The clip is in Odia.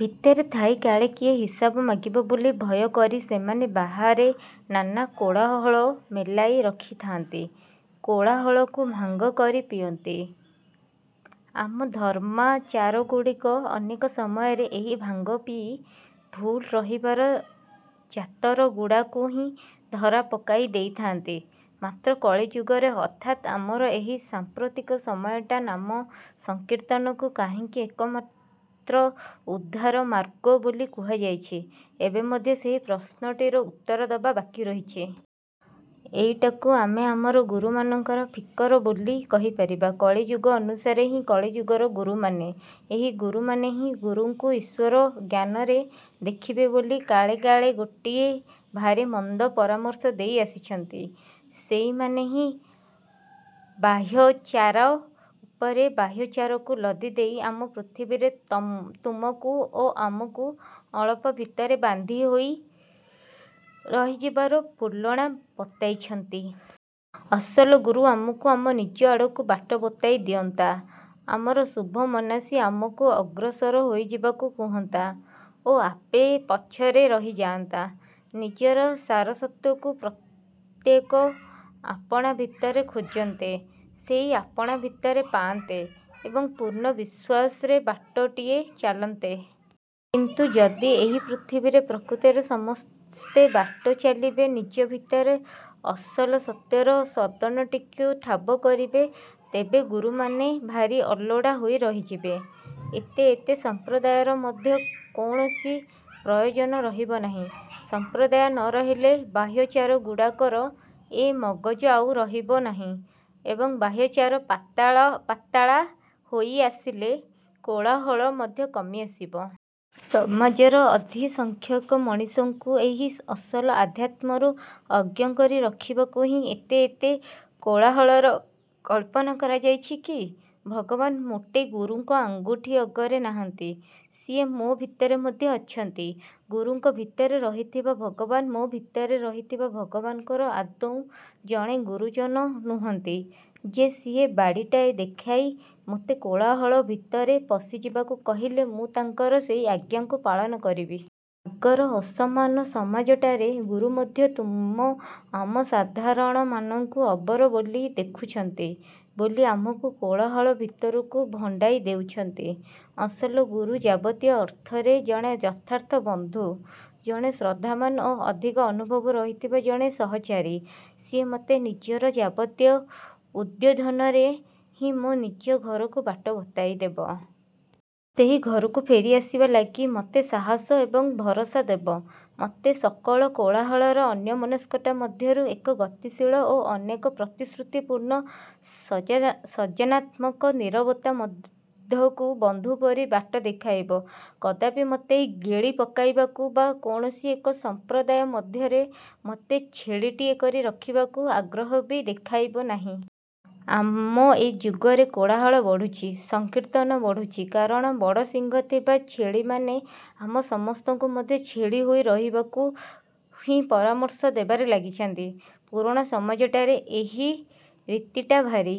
ଭିତରେ ଥାଇ କାଳେ କିଏ ହିସାବ ମାଗିବ ବୋଲି ଭୟ କରି ସେମାନେ ବାହାରେ ନାନା କୋଳାହଳ ମେଲାଇ ରଖିଥାନ୍ତି। କୋଳାହଳକୁ ଭାଙ୍ଗ କରି ପିଅନ୍ତି। ଆମ ଧର୍ମାଚାରଗୁଡ଼ିକ ଅନେକ ସମୟରେ ଏହି ଭାଙ୍ଗ ପିଇ ଭୁଲି ରହିବାର ଚାତରଗୁଡ଼ାକୁ ହିଁ ଧରାପକାଇ ଦେଇଥାନ୍ତି। ମାତ୍ର, କଳିଯୁଗରେ ଅର୍ଥାତ୍ ଆମର ଏହି ସାଂପ୍ରତିକ ସମୟଟାରେ ନାମ ସଂକୀର୍ତ୍ତନକୁ କାହିଁକି ଏକମାତ୍ର ଉଦ୍ଧାରମାର୍ଗ ବୋଲି କୁହାଯାଇଛି, ଏବେ ମଧ୍ୟ ସେହି ପ୍ରଶ୍ନଟିର ଉତ୍ତର ଦେବା ବାକି ରହିଛି। ଏଇଟାକୁ ଆମେ ଆମ ଗୁରୁମାନଙ୍କର ଫିକର ବୋଲି କହିପାରିବା। କଳିଯୁଗ ଅନୁସାରେ ହିଁ କଳିଯୁଗର ଗୁରୁମାନେ। ଏହି ଗୁରୁମାନେ ହିଁ ଗୁରୁଙ୍କୁ ଈଶ୍ୱର ଜ୍ଞାନରେ ଦେଖିବ ବୋଲି କାଳେ କାଳେ ଗୋଟିଏ ଭାରି ମନ୍ଦ ପରାମର୍ଶ ଦେଇ ଆସିଛନ୍ତି। ସେଇମାନେ ହିଁ ବାହ୍ୟାଚାର ଉପରେ ବାହ୍ୟାଚାରକୁ ଲଦି ଦେଇ ଆମ ପୃଥିବୀରେ ତୁମକୁ ଓ ଆମକୁ ଅଳପ ଭିତରେ ବାନ୍ଧି ହୋଇ ରହିଯିବାର ବୋଲଣା ବତାଇଛନ୍ତି। ଅସଲ ଗୁରୁ ଆମକୁ ଆମ ନିଜ ଆଡ଼କୁ ବାଟ ବତାଇ ଦିଅନ୍ତା। ଆମର ଶୁଭ ମନାସି ଆମକୁ ଅଗ୍ରସର ହୋଇଯିବାକୁ କହନ୍ତା ଓ ଆପେ ପଛରେ ରହିଯାଆନ୍ତା। ନିଜର ସାରସତ୍ୟଟିକୁ ପ୍ରତ୍ୟେକେ ଆପଣା ଭିତରେ ଖୋଜନ୍ତେ, ସେଇ ଆପଣା ଭିତରେ ପାଆନ୍ତେ ଏବଂ ପୂର୍ଣ୍ଣ ବିଶ୍ୱାସରେ ବାଟଟିଏ ଚାଲନ୍ତେ। କିନ୍ତୁ, ଯଦି ଏହି ପୃଥିବୀରେ ପ୍ରକୃତରେ ସମସ୍ତେ ବାଟ ଚାଲିବେ, ନିଜ ଭିତରେ ଅସଲ ସତ୍ୟର ସଦନଟିକୁ ଠାବ କରିବେ, ତେବେ ଗୁରୁମାନେ ଭାରି ଅଲୋଡ଼ା ହୋଇ ରହିଯିବେ। ଏତେ ଏତେ ସମ୍ପ୍ରଦାୟର ମଧ୍ୟ କୌଣସି ପ୍ରୟୋଜନ ରହିବ ନାହିଁ। ସଂପ୍ରଦାୟ ନ ରହିଲେ ବାହ୍ୟାଚାର ଗୁଡ଼ାକର ଏ ମଗଜ ଆଉ ରହିବ ନାହିଁ ଏବଂ ବାହ୍ୟାଚାର ପାତଳା ହୋଇଆସିଲେ କୋଳାହଳ ମଧ୍ୟ କମି ଆସିବ। ସମାଜର ଅଧିକସଂଖ୍ୟକ ମଣିଷଙ୍କୁ ଏହି ଅସଲ ଅଧ୍ୟାତ୍ମ୍ୟରୁ ଅଜ୍ଞ କରି ରଖିବାକୁ ହିଁ ଏତେ ଏତେ କୋଳାହଳର କଳ୍ପନା କରାଯାଇଛି କି? ଭଗବାନ ମୋଟେ ଗୁରୁଙ୍କର ଆଙ୍ଗୁଠି ଅଗରେ ନାହାନ୍ତି। ସିଏ ମୋ' ଭିତରେ ମଧ୍ୟ ଅଛନ୍ତି। ଗୁରୁଙ୍କ ଭିତରେ ରହିଥିବା ଭଗବାନ ମୋ ଭିତରେ ରହିଥିବା ଭଗବାନଙ୍କର ଆଦୌ ଜଣେ ଗୁରୁଜନ ନୁହନ୍ତି ଯେ ସିଏ ବାଡ଼ିଟାଏ ଦେଖାଇ ମୋତେ କୋଳାହଳ ଭିତରେ ପଶିଯିବାକୁ କହିଲେ ମୁଁ ତାଙ୍କର ସେହି ଆଜ୍ଞାକୁ ପାଳନ କରିବି। ଆଗର ଅସମାନ ସମାଜଟାରେ ଗୁରୁ ମଧ୍ୟ ତୁମ ଆମ ସାଧାରଣମାନଙ୍କୁ ଅବର ବୋଲି ଦେଖୁଛନ୍ତି ବୋଲି ଆମକୁ କୋଳାହଳ ଭିତରକୁ ଭଣ୍ଡାଇ ଦେଉଛନ୍ତି। ଅସଲ ଗୁରୁ ଯାବତୀୟ ଅର୍ଥରେ ଜଣେ ଯଥାର୍ଥ ବନ୍ଧୁ, ଜଣେ ଶ୍ରଦ୍ଧାବାନ ଓ ଅଧିକ ଅନୁଭବ ରହିଥିବା ଜଣେ ସହଚାରୀ। ସିଏ ମୋତେ ନିଜର ଯାବତୀୟ ଉଦ୍ବୋଧନରେ ହିଁ ମୋ ନିଜ ଘରକୁ ବାଟ ବତାଇଦେବ। ସେହି ଘରକୁ ଫେରି ଆସିବା ଲାଗି ମୋତେ ସାହସ ଏବଂ ଭରସା ଦେବ। ମୋତେ ସକଳ କୋଳାହଳର ଅନ୍ୟମନସ୍କତା ମଧ୍ୟରୁ ଏକ ଗତିଶୀଳ ଓ ଅନେକ ପ୍ରତିଶ୍ରୁତିପୂର୍ଣ୍ଣ ସର୍ଜନାତ୍ମକ ନୀରବତା ମଧକୁ ବନ୍ଧୁ ପରି ବାଟ ଦେଖାଇଦେବ। କଦାପି ମୋତେ ଗିଳିପକାଇବାକୁ ବା କୌଣସି ଏକ ସଂପ୍ରଦାୟ ମଧ୍ୟରେ ମୋତେ ଛେଳିଟିଏ କରି ରଖିବାକୁ ଆଗ୍ରହ ବି ଦେଖାଇବ ନାହିଁ। ଆମ ଏ ଯୁଗରେ କୋଳାହଳ ବଢୁଛି, ସଂକୀର୍ତ୍ତନ ବଢୁଛି, କାରଣ ବଡ଼ ଶିଙ୍ଗ ଥିବା ଛେଳିମାନେ ଆମ ସମସ୍ତଙ୍କୁ ମଧ୍ୟ ଛେଳି ହୋଇ ରହିଯିବାକୁ ହିଁ ପରାମର୍ଶ ଦେବାରେ ଲାଗିଛନ୍ତି। ପୁରୁଣା ସମାଜଟାରେ ଏହି ରୀତିଟା ଭାରି